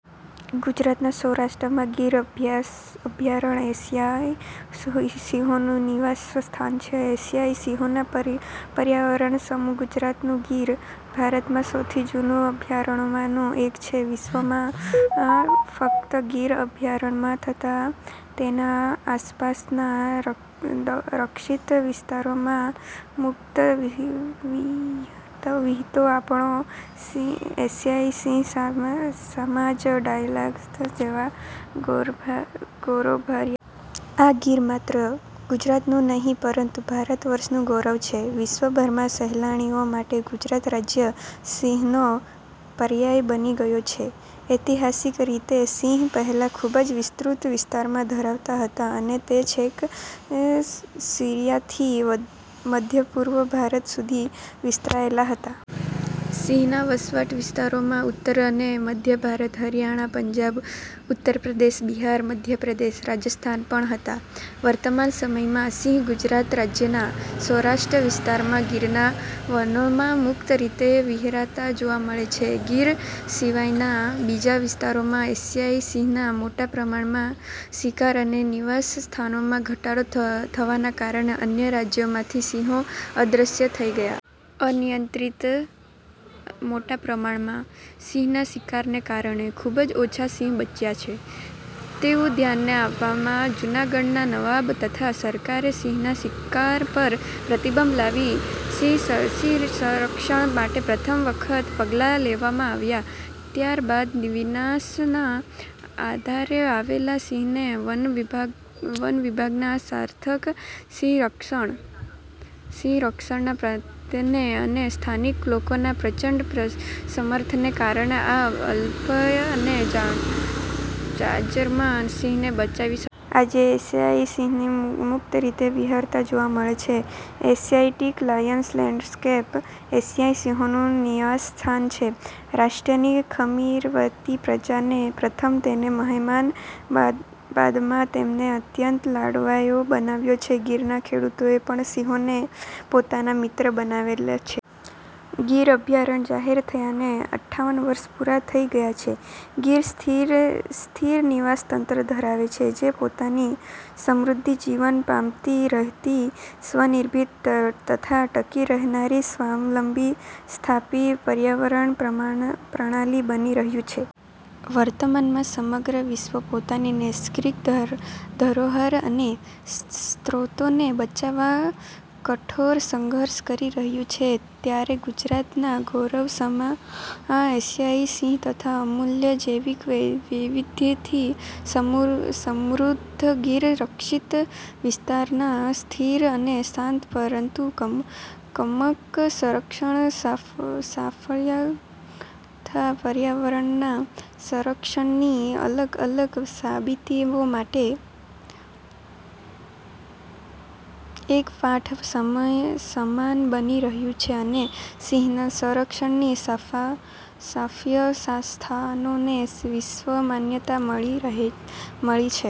ગુજરાતના સૌરાષ્ટ્રમાં ગીર અભ્યારણ્ય એશિયાઇ સિંહોનું નિવાસ સ્થાન છે. એશિયાઇ સિંહનાં પર્યાય સમું ગુજરાતનું ગીર, ભારતનાં સૌથી જુના અભ્યારણ્યોમાંનું એક છે, વિશ્વમાં ફકત ગીર અભયારણ્યમાં તથા તેના આસપાસનાં રક્ષિત વિસ્તારોમાં મુકત વિહરતો આપણો એશિયાઇ સિંહ, સાવજ, ડાલામથ્થા જેવા ગૌરવભર્યા નામોથી પણ ઓળખાય છે. આ ગીરનો સિંહ માત્ર ગુજરાતનું નહીં, પરંતુ ભારત વર્ષનું ગૌરવ છે. વિશ્વભરનાં સહેલાણીઓ માટે ગુજરાત રાજય સિંહનો પર્યાય બની ગયો છે. ઐતિહાસીક રીતે સિંહ પહેલા ખુબ વિસ્તૃત વિસ્તાર ધરાવતા હતા અને તે છેક સિરીયાથી મધ્યપૂર્વ ભારત સુધી વિસ્તરેલા હતાં. સિંહના વસવાટ વિસ્તારોમાં ઉત્તર અને મધ્યભારત, હરીયાણા, પંજાબ, ઉત્તરપ્રદેશ, બિહાર, મધ્યપ્રદેશ, રાજસ્થાન પણ હતા. વર્તમાન સમયમાં સિંહ ગુજરાત રાજયનાં સૌરાષ્ટ્ર વિસ્તારમાં ગીરનાં વનોમાં મુકત રીતે વિહરતા જોવા મળે છે. ગીર સિવાયનાં બીજા વિસ્તારોમાં એશિયાઈ સિંહનાં મોટા પ્રમાણમાં શિકાર અને નિવાસ સ્થાનોમાં ઘટાડો થવાનાં કારણે અન્ય રાજયોમાંથી સિંહો અદ્રશ્ય થઇ ગયા. અનિયંત્રિત અને મોટા પ્રમાણમાં સિંહનાં શિકારને કારણે ખુબજ ઓછા સિંહ બચ્યા છે, તેવું ધ્યાને આવવામાં જુનાગઢનાં નવાબ તથા સરકારે સિંહનાં શિકાર પર પ્રતિબંધ લાવી સિંહ સંરક્ષણ માટે પ્રથમ વખત પગલા લેવામાં આવ્યાં. ત્યાર બાદ વિનાશનાં આરે આવેલ સિંહોને વન વિભાગનાં સાર્થક – સંરક્ષણનાં પ્રયત્નો અને સ્થાનિક લોકોના પ્રચંડ સમર્થનને કારણે આ અલભ્ય અને જાજરમાન સિંહને બચાવી શકયા. આજે એશિયાઇ સિંહ મુકત રીતે વિહરતા જોવા મળે છે. એશિયાટીક લાયન લેન્ડસ્કેપ, એશિયાઇ સિંહોનું નિવાસ સ્થાન છે, સૌરાષ્ટ્રની ખમીરવંતી પ્રજાએ પ્રથમ તેને મહેમાન, બાદમાં તેમનો અત્યંત લાડકવાયો માન્યો છે. ગીરનાં ખેડૂતોએ પણ સિંહોને પોતાના મિત્ર માનેલ છે. ગીર અભ્યારણ્ય જાહેર થયાને અઠ્ઠાવન વર્ષ પુરા થઈ ગયા છે. ગીર સ્થિર નિવસન તંત્ર ધરાવે છે જે પોતાની સમૃધ્ધ જીવન પામતી રહેતી સ્વનિર્ભર તથા ટકી રહેનારી સ્વાવલંબી સ્થાપી પર્યાવરણ પ્રણાલી બની રહ્યુ છે. વર્તમાનમાં સમગ્ર વિશ્વ પોતાની નૈસર્ગિક ધરોહર અને સ્રોતોને બચાવવા કઠોર સંઘર્ષ કરી રહ્યું છે, ત્યારે ગુજરાતનાં ગૌરવ સમા એશિયાઇ સિંહ તથા અમુલ્ય જૈવિક વૈવિધ્યથી સમૃધ્ધ ગીર રક્ષિત વિસ્તારનાં સ્થિર અને શાંત પરંતુ મકકમ સંરક્ષણની સાફલ્યગાથા પર્યાવરણનાં સંરક્ષણની અલગ-અલગ લોબીઓ માટે એક પાઠ સમાન બની રહ્યું છે અને સિંહનાં સંરક્ષણની સાફલ્ય ગાથાને વૈશ્વિક માન્યતા પણ મળી છે.